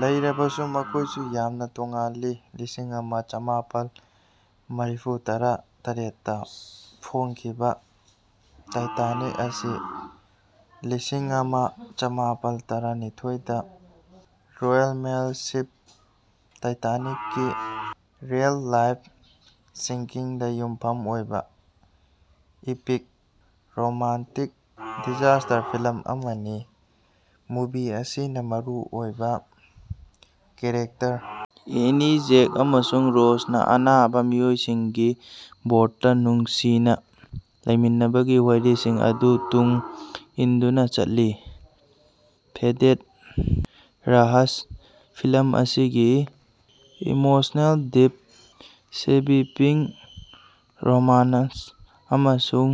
ꯂꯩꯔꯕꯁꯨ ꯃꯈꯣꯏꯁꯨ ꯌꯥꯝꯅ ꯇꯣꯉꯥꯜꯂꯤ꯫ ꯂꯤꯁꯤꯡꯑꯃ ꯆꯝꯃꯥꯄꯜ ꯃꯔꯤꯐꯨꯇꯔꯥ ꯇꯔꯦꯠ ꯇ ꯐꯣꯡꯈꯤꯕ ꯇꯥꯏꯇꯥꯅꯤꯛ ꯑꯁꯤ ꯂꯤꯁꯤꯡꯑꯃ ꯆꯝꯃꯥꯄꯜ ꯇꯔꯥꯅꯤꯊꯣꯏ ꯗ ꯔꯣꯌꯜ ꯃꯦꯜ ꯁꯤꯞ ꯇꯥꯏꯇꯥꯅꯤꯛꯀꯤ ꯔꯤꯑꯦꯜ-ꯂꯥꯏꯐ ꯁꯤꯡꯀꯤꯡꯗ ꯌꯨꯝꯐꯝ ꯑꯣꯏꯕ ꯏꯄꯤꯛ ꯔꯣꯃꯥꯟꯇꯤꯛ ꯗꯤꯖꯥꯁꯇꯔ ꯐꯤꯜꯝ ꯑꯃꯅꯤ, ꯃꯨꯚꯤ ꯑꯁꯤꯅ ꯃꯔꯨꯑꯣꯏꯕ ꯀꯦꯔꯦꯛꯇꯔ ꯑꯅꯤ ꯖꯦꯛ ꯑꯃꯁꯨꯡ ꯔꯣꯖꯅ ꯑꯅꯥꯕ ꯃꯤꯑꯣꯏꯁꯤꯡꯒꯤ ꯕꯣꯔꯗꯇ ꯅꯨꯡꯁꯤꯅꯅ ꯂꯩꯃꯤꯟꯅꯕꯒꯤ ꯋꯥꯔꯤꯁꯤꯡ ꯑꯗꯨ ꯇꯨꯡ ꯏꯟꯗꯨꯅ ꯆꯠꯂꯤ꯫ ꯐꯦꯇꯦꯗ ꯖꯍꯥꯖ꫰ ꯐꯤꯜꯝ ꯑꯁꯤꯒꯤ ꯏꯃꯣꯁꯅꯦꯜ ꯗꯦꯞ, ꯁ꯭ꯕꯤꯄꯤꯡ ꯔꯣꯃꯥꯅꯟꯁ, ꯑꯃꯁꯨꯡ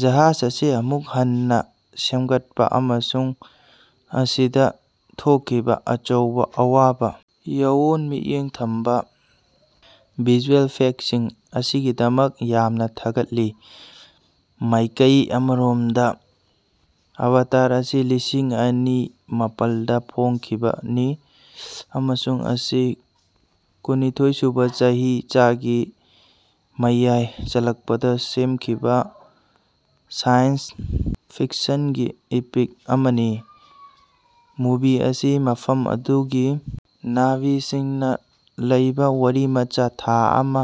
ꯖꯍꯥꯖ ꯑꯁꯤ ꯑꯃꯨꯛ ꯍꯟꯅ ꯁꯦꯃꯒꯠꯄ ꯑꯃꯁꯨꯡ ꯃꯁꯤꯗ ꯊꯣꯛꯈꯤꯕ ꯑꯆꯧꯕ ꯑꯋꯥꯕ ꯌꯥꯑꯣꯅ ꯃꯤꯠꯌꯦꯡ ꯊꯝꯕ ꯚꯤꯖꯨꯑꯦꯜ ꯏꯐꯦꯛꯁꯤꯡ ꯑꯁꯤꯒꯤꯗꯃꯛ ꯌꯥꯝꯅ ꯊꯥꯒꯠꯂꯤ꯫ ꯃꯥꯏꯀꯩ ꯑꯃꯔꯣꯃꯗ ꯑꯚꯇꯥꯔ ꯑꯁꯤ ꯂꯤꯁꯤꯡ ꯑꯅꯤ ꯃꯄꯥꯜ ꯗ ꯐꯣꯡꯈꯤꯕꯅꯤ ꯑꯃꯁꯨꯡ ꯃꯁꯤ ꯀꯨꯟꯅꯤꯊꯣꯏ ꯁꯨꯕ ꯆꯍꯤꯆꯥꯒꯤ ꯃꯌꯥꯏ ꯆꯜꯂꯀꯄꯗ ꯁꯦꯝꯈꯤꯕ ꯁꯥꯏꯟꯁ ꯐꯤꯛꯁꯟꯒꯤ ꯏꯄꯤꯛ ꯑꯃꯅꯤ꯫ ꯃꯨꯚꯤ ꯑꯁꯤ ꯃꯐꯝ ꯑꯗꯨꯒꯤ ꯅꯥ'ꯚꯤꯁꯤꯡꯅ ꯂꯩꯕ ꯋꯥꯔꯤꯃꯆꯥꯒꯤ ꯊꯥ ꯑꯃ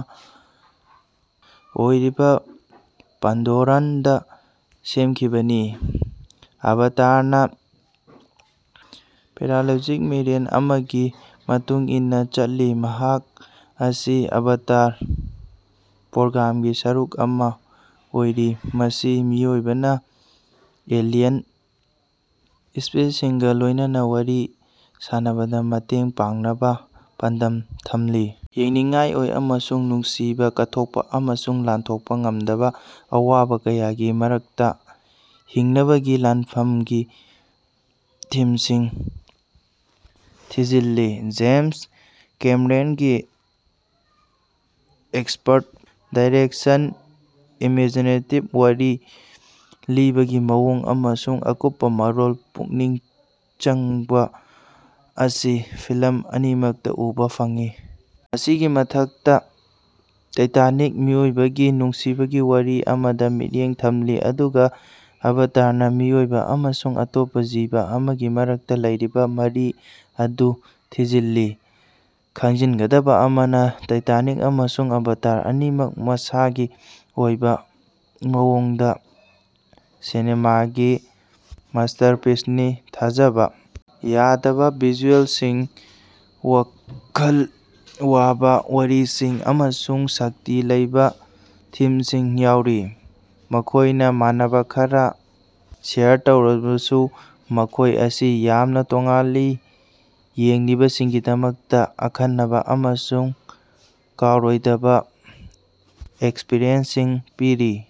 ꯑꯣꯏꯔꯤꯕ ꯄꯥꯟꯗꯣꯔꯥꯗ ꯁꯦꯝꯈꯤꯕꯅꯤ꯫ ꯑꯚꯥꯇꯥꯔꯅ ꯄꯦꯔꯥꯞꯂꯦꯖꯤꯛ ꯃꯦꯔꯤꯟ ꯑꯃꯒꯤ ꯃꯇꯨꯡ ꯏꯟꯅ ꯆꯠꯂꯤ, ꯃꯍꯥꯛ ꯑꯁꯤ ꯑꯚꯥꯇꯥꯔ ꯄ꯭ꯔꯣꯒ꯭ꯔꯥꯝꯒꯤ ꯁꯔꯨꯛ ꯑꯃ ꯑꯣꯏꯔꯤ, ꯃꯁꯤ ꯃꯤꯑꯣꯏꯕꯅ ꯑꯦꯂꯤꯌꯟ ꯁ꯭ꯄꯤꯁꯤꯁꯁꯤꯡꯒ ꯂꯣꯏꯅꯅ ꯋꯥꯔꯤ ꯁꯥꯅꯕꯗ ꯃꯇꯦꯡ ꯄꯥꯡꯅꯕ ꯄꯥꯟꯗꯝ ꯊꯝꯂꯤꯕ ꯌꯦꯡꯅꯤꯡꯉꯥꯏ ꯑꯣꯏ ꯑꯃꯁꯨꯡ ꯅꯨꯡꯁꯤꯕ, ꯀꯠꯊꯣꯛꯄ ꯑꯃꯁꯨꯡ ꯂꯥꯟꯊꯣꯛꯄ ꯉꯝꯗꯕ ꯑꯋꯥꯕ ꯀꯌꯥꯒꯤ ꯃꯔꯛꯇ ꯍꯤꯡꯅꯕꯒꯤ ꯂꯥꯟꯐꯝꯒꯤ ꯊꯤꯝꯁꯤꯡ ꯊꯤꯖꯤꯜꯂꯤ꯫ ꯖꯦꯝꯁ ꯀꯦꯃꯦꯔꯟꯒꯤ ꯑꯦꯛꯁꯄꯔꯠ ꯗꯥꯏꯔꯦꯛꯁꯟ, ꯏꯃꯦꯖꯤꯅꯦꯇꯤꯚ ꯋꯥꯔꯤ ꯂꯤꯕꯒꯤ ꯃꯑꯣꯡ ꯑꯃꯁꯨꯡ ꯑꯀꯨꯞꯄ ꯃꯔꯣꯜꯗ ꯄꯨꯛꯅꯤꯡ ꯆꯪꯕ ꯑꯁꯤ ꯐꯤꯜꯝ ꯑꯅꯤꯃꯛꯇ ꯎꯕ ꯐꯪꯏ꯫ ꯃꯁꯤꯒꯤ ꯃꯊꯛꯇ ꯇꯥꯏꯇꯅꯤꯛꯅ ꯃꯤꯑꯣꯏꯕꯒꯤ ꯅꯨꯡꯁꯤꯕꯒꯤ ꯋꯥꯔꯤ ꯑꯃꯗ ꯃꯤꯠꯌꯦꯡ ꯊꯝꯂꯤ, ꯑꯗꯨꯒ ꯑꯚꯥꯇꯥꯔꯅ ꯃꯤꯑꯣꯏꯕ ꯑꯃꯁꯨꯡ ꯑꯇꯣꯞꯄ ꯖꯤꯕ ꯑꯃꯒꯤ ꯃꯔꯛꯇ ꯂꯩꯔꯤꯕ ꯃꯔꯤ ꯑꯗꯨ ꯊꯤꯖꯤꯜꯂꯤ꯫ ꯈꯪꯖꯤꯟꯒꯗꯕ ꯑꯃꯅ, ꯇꯥꯏꯇꯥꯅꯤꯛ ꯑꯃꯁꯨꯡ ꯑꯚꯥꯇꯥꯔ ꯑꯅꯤꯃꯛ ꯃꯁꯥꯒꯤ ꯑꯣꯏꯕ ꯃꯑꯣꯡꯗ ꯁꯤꯅꯦꯃꯥꯒꯤ ꯃꯁꯇꯔꯄꯤꯁꯅꯤ, ꯊꯥꯖꯕ ꯌꯥꯗꯕ ꯚꯤꯖꯨꯑꯦꯜꯁꯤꯡ, ꯋꯥꯈꯜ ꯋꯥꯕ ꯋꯥꯔꯤꯁꯤꯡ, ꯑꯃꯁꯨꯡ ꯁꯛꯇꯤ ꯂꯩꯕ ꯊꯤꯝꯁꯤꯡ ꯌꯥꯎꯔꯤ꯫ ꯃꯈꯣꯏꯅ ꯃꯥꯟꯅꯕ ꯈꯔ ꯁꯦꯌꯔ ꯇꯧꯔꯕꯁꯨ, ꯃꯈꯣꯏ ꯑꯁꯤ ꯌꯥꯝꯅ ꯇꯣꯉꯥꯜꯂꯤ, ꯌꯦꯡꯂꯤꯕꯁꯤꯡꯒꯤꯗꯃꯛꯇ ꯑꯈꯟꯅꯕ ꯑꯃꯁꯨꯡ ꯀꯥꯎꯔꯣꯏꯗꯕ ꯑꯦꯛꯁꯄꯔꯤꯌꯦꯟꯁꯁꯤꯡ ꯄꯤꯔꯤ꯫